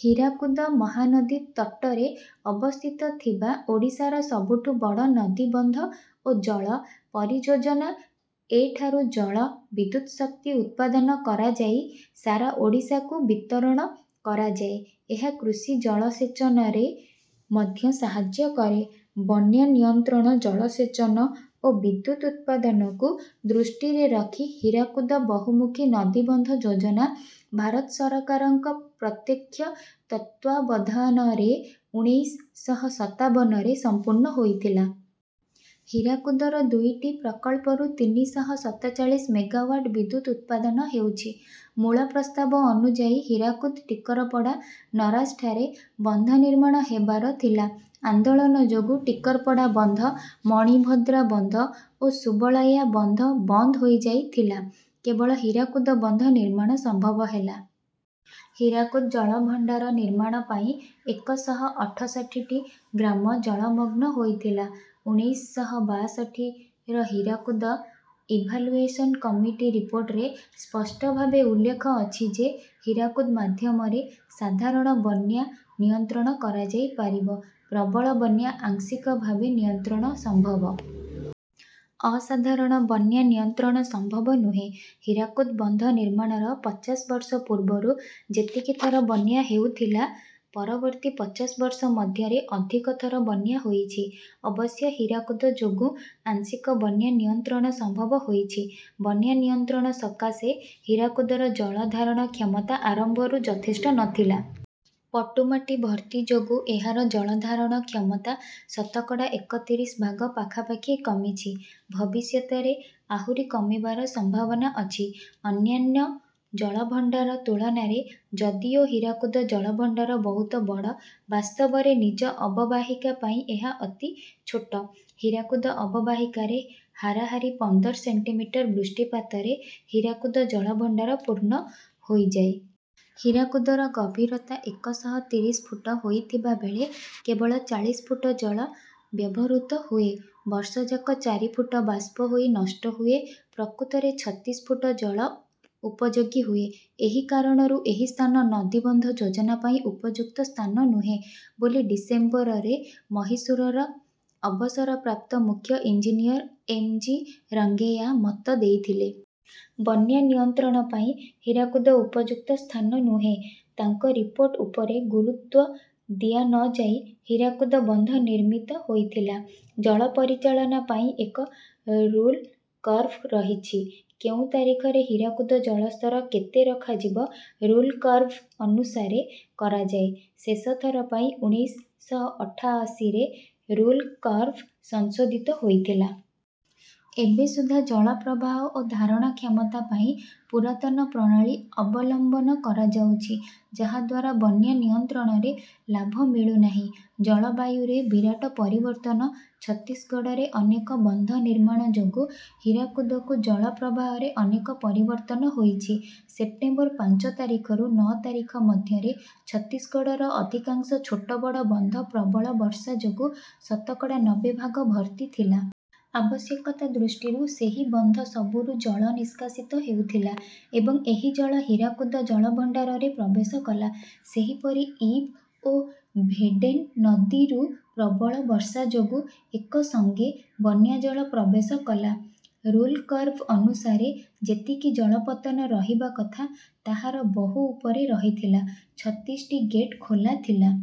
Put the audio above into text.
ହୀରାକୁଦ ମହାନଦୀ ତଟରେ ଅବସ୍ଥିତଥିବା ଓଡ଼ିଶାର ସବୁଠୁ ବଡ଼ ନଦୀବନ୍ଧ ଓ ଜଳ ପରିଯୋଜନା। ଏଠାରୁ ଜଳ ବିଦ୍ୟୁତ ଶକ୍ତି ଉତ୍ପାଦନ କରାଯାଇ ସାରା ଓଡ଼ିଶାକୁ ବିତରଣ କରାଯାଏ। ଏହା କୃଷି ଜଳସେଚନରେ ମଧ୍ୟ ସାହାଯ୍ୟ କରେ। ବନ୍ୟା ନିୟନ୍ତ୍ରଣ ଜଳସେଚନ ଓ ବିଦ୍ୟୁତ ଉତ୍ପାଦନକୁ ଦୃଷ୍ଟିରେ ରଖି ହୀରାକୁଦ ବହୁମୁଖୀ ନଦୀବନ୍ଧ ଯୋଜନା ଭାରତ ସରକାରଙ୍କ ପ୍ରତ୍ୟକ୍ଷ ତତ୍ତ୍ୱାବଧାନରେ ଉଣେଇଶ ଶହ ସତାବନରେ ସମ୍ପୂର୍ଣ୍ଣ ହୋଇଥିଲା। ହୀରାକୁଦର ଦୁଇଟି ପ୍ରକଳ୍ପରୁ ତିନି ଶହ ସତଚାଳିଶ ମେଗାୱାଟ ବିଦ୍ୟୁତ ଉତ୍ପାଦନ ହେଉଛି। ମୂଳ ପ୍ରସ୍ତାବ ଅନୁଯାୟୀ ହୀରାକୁଦ ଟିକରପଡା ନରାଜଠାରେ ବନ୍ଧ ନିର୍ମାଣ ହେବାର ଥିଲା। ଆନ୍ଦୋଳନ ଯୋଗୁଁ ଟିକରପଡ଼ା ବନ୍ଧ ମଣିଭଦ୍ରା ବନ୍ଧ ଓ ସୁବଳୟା ବନ୍ଧ ବନ୍ଦ ହୋଇଯାଇଥିଲା। କେବଳ ହୀରାକୁଦ ବନ୍ଧ ନିର୍ମାଣ ସମ୍ଭବ ହେଲା। ହୀରାକୁଦ ଜଳଭଣ୍ଡାର ନିର୍ମାଣ ପାଇଁ ଏକ ଶହ ଅଠଷଠିଟି ଗ୍ରାମ ଜଳମଗ୍ନ ହେଇଥିଲା। ଉଣେଇଶ ଶହ ବାଷଠିର ହୀରାକୁଦ ଇଭାଲୁଏସନ କମିଟି ରିପୋର୍ଟରେ ସ୍ପଷ୍ଟଭାବେ ଉଲ୍ଲେଖ ଅଛି ଯେ ହୀରାକୁଦ ମାଧ୍ୟମରେ ସାଧାରଣ ବନ୍ୟା ନିୟନ୍ତ୍ରଣ କରାଯାଇପାରିବ। ପ୍ରବଳ ବନ୍ୟା ଆଂଶିକ ଭାବେ ନିୟନ୍ତ୍ରଣ ସମ୍ଭବ। ଅସାଧାରଣ ବନ୍ୟା ନିୟନ୍ତ୍ରଣ ସମ୍ଭବ ନୁହେଁ। ହୀରାକୁଦ ବନ୍ଧ ନିର୍ମାଣର ପଚାଶ ବର୍ଷ ପୂର୍ବରୁ ଯେତିକି ଥର ବନ୍ୟା ହେଉଥିଲା। ପରବର୍ତ୍ତୀ ପଚାଶ ବର୍ଷ ମଧ୍ୟରେ ଅଧିକ ଥର ବନ୍ୟା ହୋଇଛି। ଅବଶ୍ୟ ହୀରାକୁଦ ଯୋଗୁଁ ଆଂଶିକ ବନ୍ୟାନିୟନ୍ତ୍ରଣ ସମ୍ଭବ ହୋଇଛି। ବନ୍ୟାନିୟନ୍ତ୍ରଣ ସକାଶେ ହୀରାକୁଦର ଜଳ ଧାରଣ କ୍ଷମତା ଆରମ୍ଭରୁ ଯଥେଷ୍ଟ ନ ଥିଲା। ପଟୁମାଟି ଭର୍ତ୍ତି ଯୋଗୁଁ ଏହାର ଜଳ ଧାରଣ କ୍ଷମତା ଶତକଡା ଏକତିରିଶ ଭାଗ ପାଖାପାଖି କମିଛି। ଭବିଷ୍ୟତରେ ଆହୁରି କମିବାର ସମ୍ଭାବନା ଅଛି। ଅନ୍ୟାନ୍ୟ ଜଳଭଣ୍ଡାର ତୁଳନାରେ ଯଦିଓ ହୀରାକୁଦ ଜଳଭଣ୍ଡାର ବହୁତ ବଡ ବାସ୍ତବରେ ନିଜ ଅବବାହିକା ପାଇଁ ଏହା ଅତି ଛୋଟ। ହୀରାକୁଦ ଅବବାହିକାରେ ହାରାହାରି ପନ୍ଦର ସେଣ୍ଟିମିଟର ବୃଷ୍ଟିପାତରେ ହୀରାକୁଦ ଜଳଭଣ୍ଡାର ପୂର୍ଣ୍ଣ ହୋଇଯାଏ। ହୀରାକୁଦର ଗଭୀରତା ଏକ ଶହ ତିରିଶ ଫୁଟ ହୋଇଥିବାବେଳେ କେବଳ ଚାଳିଶ ଫୁଟ ଜଳ ବ୍ୟବହୃତ ହୁଏ। ବର୍ଷ ଯାକ ଚାରି ଫୁଟ ବାଷ୍ପ ହୋଇ ନଷ୍ଟ ହୁଏ। ପ୍ରକୃତରେ ଛତିଶ ଫୁଟ ଜଳ ଉପଯୋଗୀ ହୁଏ। ଏହି କାରଣରୁ ଏହି ସ୍ଥାନ ନଦୀବନ୍ଧ ଯୋଜନା ପାଇଁ ଉପଯୁକ୍ତ ସ୍ଥାନ ନୁହେଁ ବୋଲି ଡିସେମ୍ବରରେ ମହିଶୂରର ଅବସରପ୍ରାପ୍ତ ମୁଖ୍ୟ ଇଞ୍ଜିନିଅର ଏମ ଜି ରଙ୍ଗେୟା ମତ ଦେଇଥିଲେ। ବନ୍ୟା ନିୟନ୍ତ୍ରଣ ପାଇଁ ହୀରାକୁଦ ଉପଯୁକ୍ତ ସ୍ଥାନ ନୁହେଁ। ତାଙ୍କ ରିପୋର୍ଟ ଉପରେ ଗୁରୁତ୍ୱ ଦିଆନଯାଇ ହୀରାକୁଦ ବନ୍ଧ ନିର୍ମିତ ହୋଇଥିଲା। ଜଳ ପରିଚାଳନା ପାଇଁ ଏକ ରୁଲକର୍ଭ ରହିଛି। କେଉଁ ତାରିଖରେ ହୀରାକୁଦ ଜଳ ସ୍ତର କେତେ ରଖାଯିବ ରୁଲକର୍ଭ ଅନୁସାରେ କରାଯାଏ। ଶେଷଥର ପାଇଁ ଉଣେଇଶ ଶହ ଅଠାଅଶୀରେ ରୁଲକର୍ଭ ସଂଶୋଧିତ ହୋଇଥିଲା। ଏବେ ସୁଦ୍ଧା ଜଳ ପ୍ରବାହ ଓ ଧାରଣ କ୍ଷମତା ପାଇଁ ପୁରାତନ ପ୍ରଣାଳୀ ଅବଲମ୍ବନ କରାଯାଉଛି ଯାହାଦ୍ୱାରା ବନ୍ୟା ନିୟନ୍ତ୍ରଣରେ ଲାଭ ମିଳୁନାହିଁ। ଜଳବାୟୁରେ ବିରାଟ ପରିବର୍ତ୍ତନ ଛତିଶଗଡରେ ଅନେକ ବନ୍ଧ ନିର୍ମାଣ ଯୋଗୁଁ ହୀରାକୁଦକୁ ଜଳପ୍ରବାହରେ ଅନେକ ପରିବର୍ତ୍ତନ ହୋଇଛି। ସେପ୍ଟେମ୍ବର ପାଞ୍ଚ ତାରିଖରୁ ନଅ ତାରିଖ ମଧ୍ୟରେ ଛତିଶଗଡ଼ର ଅଧିକାଂଶ ଛୋଟ ବଡ ବନ୍ଧ ପ୍ରବଳ ବର୍ଷା ଯୋଗୁଁ ଶତକଡା ନବେ ଭାଗ ଭର୍ତ୍ତି ଥିଲା। ଆବଶ୍ୟକତା ଦୃଷ୍ଟିରୁ ସେହି ବନ୍ଧ ସବୁରୁ ଜଳ ନିଷ୍କାସିତ ହେଉଥିଲା। ଏବଂ ଏହି ଜଳ ହୀରାକୁଦ ଜଳଭଣ୍ଡାରରେ ପ୍ରବେଶ କଲା। ସେହିପରି ଇବ ଓ ଭେଡେନ ନଦୀରୁ ପ୍ରବଳ ବର୍ଷା ଯୋଗୁଁ ଏକ ସଙ୍ଗେ ବନ୍ୟା ଜଳ ପ୍ରବେଶ କଲା। ରୁଲକର୍ଭ ଅନୁସାରେ ଯେତିକି ଜଳପତ୍ତନ ରହିବା କଥା ତାହାର ବହୁ ଉପରେ ରହିଥିଲା। ଛତିଶଟି ଗେଟ ଖୋଲା ଥିଲା।